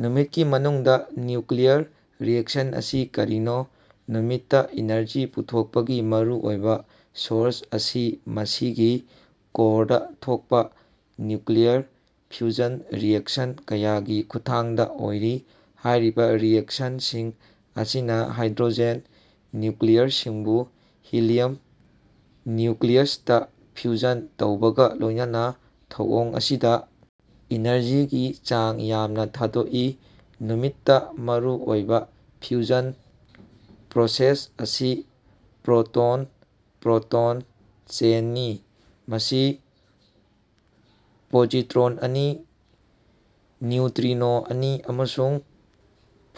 ꯅꯨꯃꯤꯠꯀꯤ ꯃꯅꯨꯡꯗ nuclear reaction ꯑꯁꯤ ꯀꯔꯤꯅꯣ? ꯅꯨꯃꯤꯠꯇ ꯏꯅꯔꯖꯤ ꯄꯨꯊꯣꯛꯄꯒꯤ ꯃꯔꯨꯑꯣꯏꯕ ꯁꯣꯔꯁ ꯑꯁꯤ ꯃꯁꯤꯒꯤ ꯀꯣꯔꯗ ꯊꯣꯛꯄ ꯅ꯭ꯌꯨꯀ꯭ꯂꯤꯌꯔ ꯐ꯭ꯌꯨꯖꯟ ꯔꯤꯑꯦꯛꯁꯟ ꯀꯌꯥꯒꯤ ꯈꯨꯠꯊꯥꯡꯗ ꯑꯣꯏꯔꯤ꯫ ꯍꯥꯏꯔꯤꯕ ꯔꯤꯑꯦꯛꯁꯟꯁꯤꯡ ꯑꯁꯤꯅ ꯍꯥꯏꯗ꯭ꯔꯣꯖꯦꯟ ꯅ꯭ꯌꯨꯀ꯭ꯂꯤꯌꯔꯁꯤꯡꯕꯨ ꯍꯤꯂꯤꯌꯝ ꯅ꯭ꯌꯨꯀ꯭ꯂꯤꯌꯁꯇ ꯐ꯭ꯌꯨꯖꯟ ꯇꯧꯕꯒ ꯂꯣꯏꯅꯅ ꯊꯧꯑꯣꯡ ꯑꯁꯤꯗ ꯏꯅꯔꯖꯤꯒꯤ ꯆꯥꯡ ꯌꯥꯝꯅ ꯊꯥꯗꯣꯛꯏ꯫ ꯅꯨꯃꯤꯠꯇ ꯃꯔꯨ ꯑꯣꯏꯕ ꯐ꯭ꯌꯨꯖꯟ ꯄ꯭ꯔꯣꯁꯦꯁ ꯑꯁꯤ ꯄ꯭ꯔꯣꯇꯣꯟ-ꯄ꯭ꯔꯣꯇꯣꯟ ꯆꯦꯟ ꯅꯤ, ꯃꯁꯤ ꯄꯣꯖꯤꯇ꯭ꯔꯣꯟ ꯑꯅꯤ, ꯅ꯭ꯌꯨꯇ꯭ꯔꯤꯅꯣ ꯑꯅꯤ, ꯑꯃꯁꯨꯡ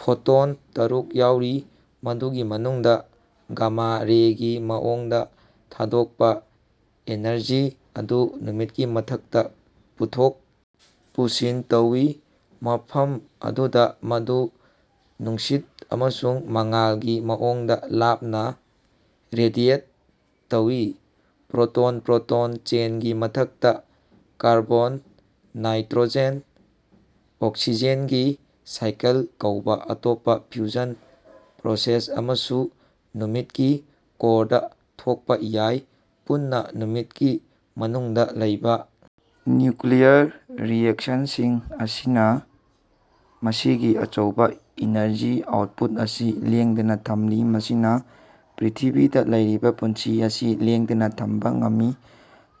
ꯐꯣꯇꯣꯟ ꯇꯔꯨꯛ ꯌꯥꯎꯔꯤ꯫ ꯃꯗꯨꯒꯤ ꯃꯇꯨꯡꯗ ꯒꯥꯃꯥ ꯔꯦꯒꯤ ꯃꯑꯣꯡꯗ ꯊꯥꯗꯣꯛꯄ ꯑꯦꯅꯔꯖꯤ ꯑꯗꯨ ꯅꯨꯃꯤꯠꯀꯤ ꯃꯊꯛꯇ ꯄꯨꯊꯣꯛ ꯄꯨꯁꯤꯟ ꯇꯧꯏ, ꯃꯐꯝ ꯑꯗꯨꯗ ꯃꯗꯨ ꯅꯨꯡꯁꯤꯠ ꯑꯃꯁꯨꯡ ꯃꯉꯥꯜꯒꯤ ꯃꯑꯣꯡꯗ ꯂꯥꯞꯅ ꯔꯦꯗꯤꯑꯦꯠ ꯇꯧꯏ꯫ ꯄ꯭ꯔꯣꯇꯣꯟ-ꯄ꯭ꯔꯣꯇꯣꯟ ꯆꯦꯟꯒꯤ ꯃꯊꯛꯇ, ꯀꯥꯔꯕꯣꯟ- ꯅꯥꯏꯇ꯭ꯔꯣꯖꯦꯟ- ꯑꯣꯛꯁꯤꯖꯦꯟ ꯒꯤ ꯁꯥꯏꯀꯜ ꯀꯧꯕ ꯑꯇꯣꯞꯄ ꯐ꯭ꯌꯨꯖꯟ ꯄ꯭ꯔꯣꯁꯦꯁ ꯑꯃꯁꯨ ꯅꯨꯃꯤꯠꯀꯤ ꯀꯣꯔꯗ ꯊꯣꯛꯄꯥ ꯌꯥꯏ꯫ ꯄꯨꯟꯅ ꯅꯨꯃꯤꯠꯀꯤ ꯃꯅꯨꯡꯗ ꯂꯩꯕ ꯅ꯭ꯌꯨꯀ꯭ꯂꯤꯌꯔ ꯔꯤꯑꯦꯛꯁꯟꯁꯤꯡ ꯑꯁꯤꯅ ꯃꯁꯤꯒꯤ ꯑꯆꯧꯕ ꯏꯅꯔꯖꯤ ꯑꯥꯎꯠꯄꯨꯠ ꯑꯁꯤ ꯂꯦꯡꯗꯅ ꯊꯝꯂꯤ, ꯃꯁꯤꯅ ꯄ꯭ꯔꯤꯊꯤꯕꯤꯗ ꯂꯩꯔꯤꯕ ꯄꯨꯟꯁꯤ ꯑꯁꯤ ꯂꯦꯡꯗꯅ ꯊꯝꯕ ꯉꯝꯃꯤ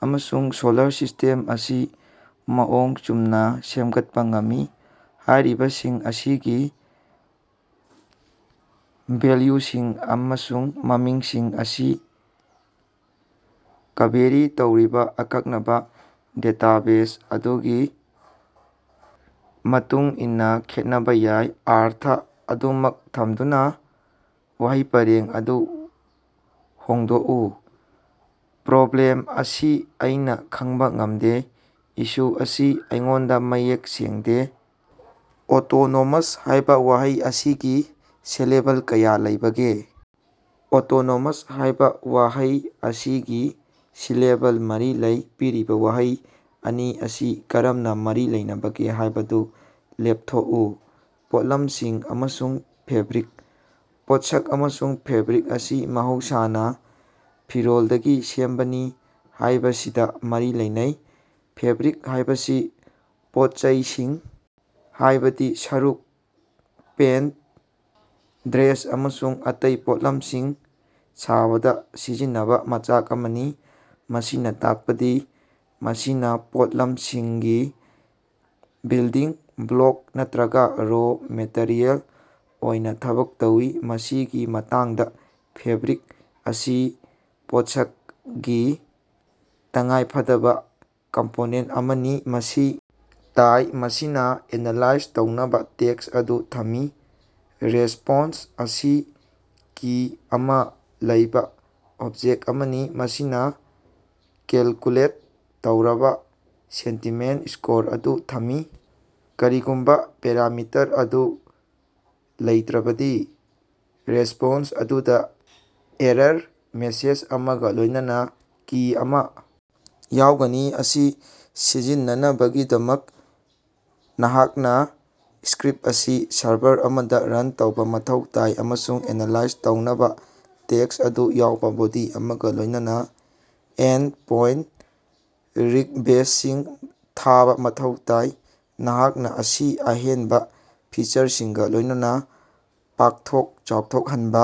ꯑꯃꯁꯨꯡ ꯁꯣꯂꯔ ꯁꯤꯁ꯭ꯇꯦꯝ ꯑꯁꯤ ꯃꯑꯣꯡ ꯆꯨꯝꯅ ꯁꯦꯝꯒꯠꯄ ꯉꯝꯃꯤ꯫ ꯍꯥꯏꯔꯤꯕꯁꯤꯡ ꯑꯁꯤꯒꯤ ꯚꯦꯜꯌꯨꯁꯤꯡ ꯑꯃꯁꯨꯡ ꯃꯃꯤꯡꯁꯤꯡ ꯑꯁꯤ ꯀꯕꯦꯔꯤ ꯇꯧꯔꯤꯕ ꯑꯀꯛꯅꯕ ꯗꯦꯇꯥꯕꯦꯖ ꯑꯗꯨꯒꯤ ꯃꯇꯨꯡ ꯏꯟꯅ ꯈꯦꯠꯅꯕ ꯌꯥꯏ꯫ ꯑꯔꯊ ꯑꯗꯨꯃꯛ ꯊꯝꯗꯨꯅ ꯋꯥꯍꯩ ꯄꯔꯦꯡ ꯑꯗꯨ ꯍꯣꯡꯗꯣꯛꯎ꯫ ꯄ꯭ꯔꯣꯕ꯭ꯂꯦꯝ ꯑꯁꯤ ꯑꯩꯅ ꯈꯪꯕ ꯉꯝꯗꯦ꯫ ꯏꯁꯨ ꯑꯁꯤ ꯑꯩꯉꯣꯟꯗ ꯃꯌꯦꯛ ꯁꯦꯡꯗꯦ꯫ ꯑꯣꯇꯣꯅꯣꯃꯁ ꯍꯥꯏꯕ ꯋꯥꯍꯩ ꯑꯁꯤꯒꯤ ꯁꯤꯂꯦꯕꯜ ꯀꯌꯥ ꯂꯩꯕꯒꯦ? ꯑꯣꯇꯣꯅꯣꯃꯁ ꯍꯥꯏꯕ ꯋꯥꯍꯩ ꯑꯁꯤꯒꯤ ꯁꯤꯂꯦꯕꯜ ꯃꯔꯤ ꯂꯩ꯫ ꯄꯤꯔꯤꯕ ꯋꯥꯍꯩ ꯑꯅꯤ ꯑꯁꯤ ꯀꯔꯝꯅ ꯃꯔꯤ ꯂꯩꯅꯕꯒꯦ ꯍꯥꯏꯕꯗꯨ ꯂꯦꯞ ꯊꯣꯛꯎ꯫ ꯄꯣꯠꯂꯝꯁꯤꯡ ꯑꯃꯁꯨꯡ ꯐꯦꯕ꯭ꯔꯤꯛ꯫ ꯄꯣꯠꯁꯛ ꯑꯃꯁꯨꯡ ꯐꯦꯕ꯭ꯔꯤꯛ ꯑꯁꯤ ꯃꯍꯧꯁꯥꯅ ꯐꯤꯔꯣꯜꯗꯒꯤ ꯁꯦꯝꯕꯅꯤ ꯍꯥꯏꯕꯁꯤꯗ ꯃꯔꯤ ꯂꯩꯅꯩ꯫ ꯐꯦꯕ꯭ꯔꯤꯛ ꯍꯥꯏꯕꯁꯤ ꯄꯣꯠꯆꯩꯁꯤꯡ ꯍꯥꯏꯕꯗꯤ ꯁꯔꯨꯛ, ꯄꯦꯟꯠ, ꯗ꯭ꯔꯦꯁ, ꯑꯃꯁꯨꯡ ꯑꯇꯩ ꯄꯣꯠꯂꯝꯁꯤꯡ ꯁꯥꯕꯗ ꯁꯤꯖꯤꯟꯅꯕ ꯃꯆꯥꯛ ꯑꯃꯅꯤ, ꯃꯁꯤꯅ ꯇꯥꯛꯄꯗꯤ ꯃꯁꯤꯅ ꯄꯣꯠꯂꯝꯁꯤꯡꯒꯤ ꯕꯤꯜꯗꯤꯡ ꯕ꯭ꯂꯣꯛ ꯅꯠꯇ꯭ꯔꯒ ꯔꯣ ꯃꯦꯇꯔꯤꯌꯦꯜ ꯑꯣꯏꯅ ꯊꯕꯛ ꯇꯧꯏ꯫ ꯃꯁꯤꯒꯤ ꯃꯇꯥꯡꯗ ꯐꯦꯕ꯭ꯔꯤꯛ ꯑꯁꯤ ꯄꯣꯠꯁꯛ ꯒꯤ ꯇꯉꯥꯏꯐꯗꯕ ꯀꯝꯄꯣꯅꯦꯟꯠ ꯑꯃꯅꯤ꯫ ꯃꯁꯤ ꯇꯥꯏ, ꯃꯁꯤꯅ ꯑꯦꯅꯥꯂꯥꯏꯖ ꯇꯧꯅꯕ ꯇꯦꯛꯁ ꯑꯗꯨ ꯊꯝꯃꯤ꯫ ꯔꯦꯁꯄꯣꯟꯁ ꯑꯁꯤ ꯀꯤ ꯑꯃ ꯂꯩꯕ ꯑꯣꯕꯖꯦꯛ ꯑꯃꯅꯤ, ꯃꯁꯤꯅ ꯀꯦꯜꯀꯨꯂꯦꯠ ꯇꯧꯔꯕ ꯁꯦꯟꯇꯤꯃꯦꯟꯠ ꯁ꯭ꯀꯣꯔ ꯑꯗꯨ ꯊꯝꯃꯤ꯫ ꯀꯔꯤꯒꯨꯝꯕ ꯄꯦꯔꯥꯃꯤꯇꯔ ꯑꯗꯨ ꯂꯩꯇ꯭ꯔꯕꯗꯤ, ꯔꯦꯁꯄꯣꯟꯁ ꯑꯗꯨꯗ ꯑꯦꯔꯔ ꯃꯦꯁꯦꯖ ꯑꯃꯒ ꯂꯣꯏꯅꯅ ꯀꯤ ꯑꯃ ꯌꯥꯎꯒꯅꯤ, ꯑꯁꯤ ꯁꯤꯖꯤꯟꯅꯅꯕꯒꯤꯗꯃꯛ, ꯅꯍꯥꯛꯅ ꯁ꯭ꯀꯔꯤꯞ ꯑꯁꯤ ꯁꯔꯚꯔ ꯑꯃꯗ ꯔꯟ ꯇꯧꯕ ꯃꯊꯧ ꯇꯥꯏ ꯑꯃꯁꯨꯡ ꯑꯦꯅꯥꯂꯥꯏꯖ ꯇꯧꯅꯕ ꯇꯦꯛꯁ ꯑꯗꯨ ꯌꯥꯎꯕ ꯕꯣꯗꯤ ꯑꯃꯒ ꯂꯣꯏꯅꯅ ꯑꯦꯟꯄꯣꯏꯟꯠꯇ ꯔꯤꯛꯕꯦꯁꯁꯤꯡ ꯊꯥꯕ ꯃꯊꯧ ꯇꯥꯏ꯫ ꯅꯍꯥꯛꯅ ꯑꯁꯤ ꯑꯍꯦꯟꯕ ꯐꯤꯆꯔꯁꯤꯡꯒ ꯂꯣꯏꯅꯅ ꯄꯥꯛꯊꯣꯛ ꯆꯥꯎꯊꯣꯛꯍꯟꯕ